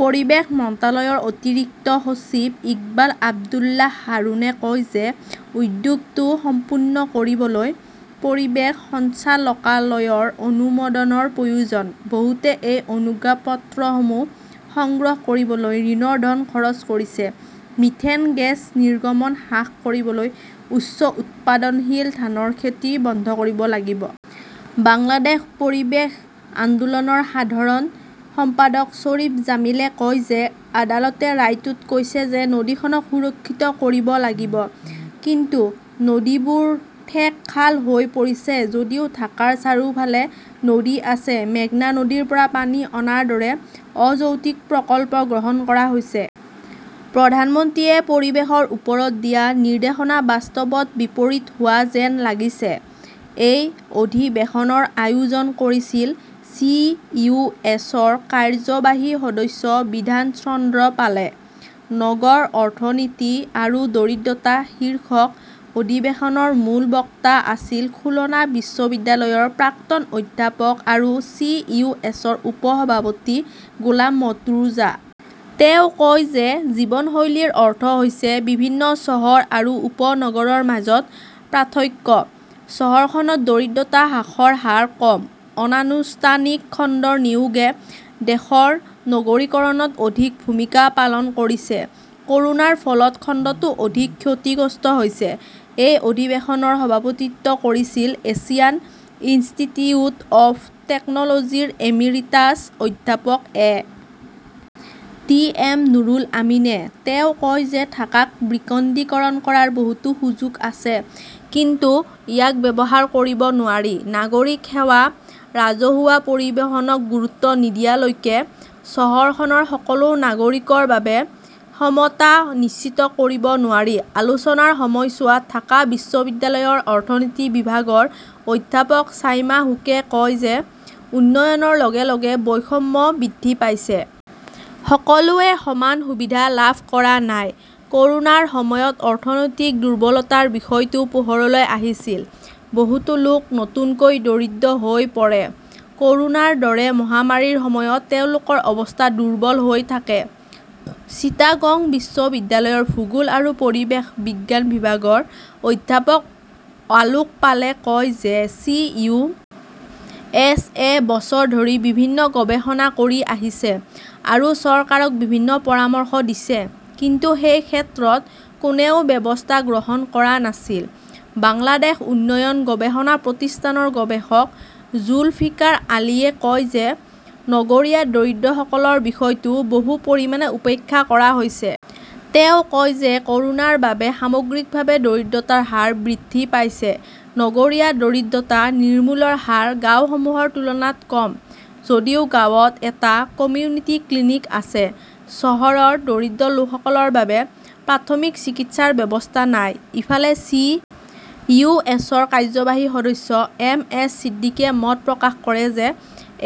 পৰিৱেশ মন্ত্ৰালয়ৰ অতিৰিক্ত সচিব ইকবাল আব্দুল্লাহ হাৰুনে কয় যে উদ্যোগটো সম্পন্ন কৰিবলৈ পৰিৱেশ সঞ্চালকালয়ৰ অনুমোদনৰ প্ৰয়োজন। বহুতে এই অনুজ্ঞাপত্ৰসমূহ সংগ্ৰহ কৰিবলৈ ঋণৰ ধন খৰচ কৰিছে। মিথেন গেছ নিৰ্গমন হ্ৰাস কৰিবলৈ উচ্চ উৎপাদনশীল ধানৰ খেতি বন্ধ কৰিব লাগিব। বাংলাদেশ পৰিৱেশ আন্দোলনৰ সাধাৰণ সম্পাদক শ্বৰীফ জামিলে কয় যে আদালতে ৰায়টোত কৈছে যে নদীখনক সুৰক্ষিত কৰিব লাগিব। কিন্তু নদীবোৰ ঠেক খাল হৈ পৰিছে। যদিও ঢাকাৰ চাৰিওফালে নদী আছে, মেঘনা নদীৰ পৰা পানী অনাৰ দৰে অযৌক্তিক প্ৰকল্প গ্ৰহণ কৰা হৈছে। প্ৰধানমন্ত্ৰীয়ে পৰিৱেশৰ ওপৰত দিয়া নিৰ্দেশনা বাস্তৱত বিপৰীত হোৱা যেন লাগিছে। এই অধিৱেশনৰ আয়োজন কৰিছিল চি. ইউ. এছ. -ৰ কাৰ্যবাহী সদস্য বিধান চন্দ্ৰ পালে। "নগৰ অৰ্থনীতি আৰু দৰিদ্ৰতা" শীৰ্ষক অধিৱেশনৰ মূল বক্তা আছিল খুলনা বিশ্ববিদ্যালয়ৰ প্ৰাক্তন অধ্যাপক আৰু চি ইউ এছৰ উপ-সভাপতি গোলাম মৰ্তুজা। তেওঁ কয় যে জীৱনশৈলীৰ অৰ্থ হৈছে বিভিন্ন চহৰ আৰু উপ-নগৰৰ মাজত পাৰ্থক্য। চহৰখনত দৰিদ্ৰতা হ্ৰাসৰ হাৰ কম। অনানুষ্ঠানিক খণ্ডৰ নিয়োগে দেশৰ নগৰীকৰণত অধিক ভূমিকা পালন কৰিছে। ক'ৰোনাৰ ফলত খণ্ডটো অধিক ক্ষতিগ্ৰস্ত হৈছে। এই অধিৱেশনৰ সভাপতিত্ব কৰিছিল এছিয়ান ইনষ্টিটিউট অৱ টেকন'লজিৰ এমিৰিটাছ অধ্যাপক এ. টি. এম. নুৰুল আমিনে। তেওঁ কয় যে ঢাকাক বিকেন্দ্ৰীকৰণ কৰাৰ বহুতো সুযোগ আছে। কিন্তু ইয়াক ব্যৱহাৰ কৰিব নোৱাৰি। নাগৰিক সেৱা, ৰাজহুৱা পৰিবহণক গুৰুত্ব নিদিয়ালৈকে চহৰখনৰ সকলো নাগৰিকৰ বাবে সমতা নিশ্চিত কৰিব নোৱাৰি। আলোচনাৰ সময়ছোৱাত ঢাকা বিশ্ববিদ্যালয়ৰ অৰ্থনীতি বিভাগৰ অধ্যাপক চাইমা হুকে কয় যে উন্নয়নৰ লগে লগে বৈষম্য বৃদ্ধি পাইছে। সকলোৱে সমান সুবিধা লাভ কৰা নাই। ক'ৰোনাৰ সময়ত অৰ্থনৈতিক দুৰ্বলতাৰ বিষয়টো পোহৰলৈ আহিছিল। বহুতো লোক নতুনকৈ দৰিদ্ৰ হৈ পৰে। ক'ৰোনাৰ দৰে মহামাৰীৰ সময়ত তেওঁলোকৰ অৱস্থা দুৰ্বল হৈ থাকে। চিটাগং বিশ্ববিদ্যালয়ৰ ভূগোল আৰু পৰিৱেশ বিজ্ঞান বিভাগৰ অধ্যাপক আলোক পালে কয় যে চি .ইউ .এছ-এ বছৰ ধৰি বিভিন্ন গৱেষণা কৰি আহিছে আৰু চৰকাৰক বিভিন্ন পৰামৰ্শ দিছে। কিন্তু সেই ক্ষেত্ৰত কোনেও ব্যৱস্থা গ্ৰহণ কৰা নাছিল। বাংলাদেশ উন্নয়ন গৱেষণা প্ৰতিষ্ঠানৰ গৱেষক জুলফিকাৰ আলীয়ে কয় যে নগৰীয়া দৰিদ্ৰসকলৰ বিষয়টো বহু পৰিমাণে উপেক্ষা কৰা হৈছে। তেওঁ কয় যে ক'ৰোনাৰ বাবে সামগ্ৰিকভাৱে দৰিদ্ৰতাৰ হাৰ বৃদ্ধি পাইছে। নগৰীয়া দৰিদ্ৰতা নিৰ্মূলৰ হাৰ গাঁওসমূহৰ তুলনাত কম। যদিও গাঁৱত এটা কমিউনিটি ক্লিনিক আছে, চহৰৰ দৰিদ্ৰ লোকসকলৰ বাবে প্ৰাথমিক চিকিৎসাৰ ব্যৱস্থা নাই। ইফালে চি. ইউ. এছ. -ৰ কাৰ্যবাহী সদস্য এম. এছ. ছিদ্দিকীয়ে মত প্ৰকাশ কৰে যে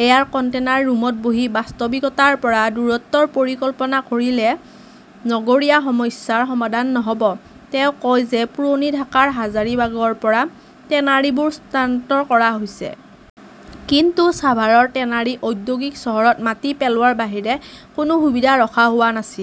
এয়াৰ কণ্টেইনাৰ ৰুমত বহি বাস্তৱিকতাৰ পৰা দূৰত্বৰ পৰিকল্পনা কৰিলে নগৰীয়া সমস্যাৰ সমাধান নহ 'ব। তেওঁ কয় যে পুৰণি ঢাকাৰ হাজাৰিবাগৰ পৰা টেনাৰীবোৰ স্থানান্তৰ কৰা হৈছে। কিন্তু ছাভাৰৰ টেনাৰী ঔদ্যোগিক চহৰত মাটি পেলোৱাৰ বাহিৰে কোনো সুবিধা ৰখা হোৱা নাছিল।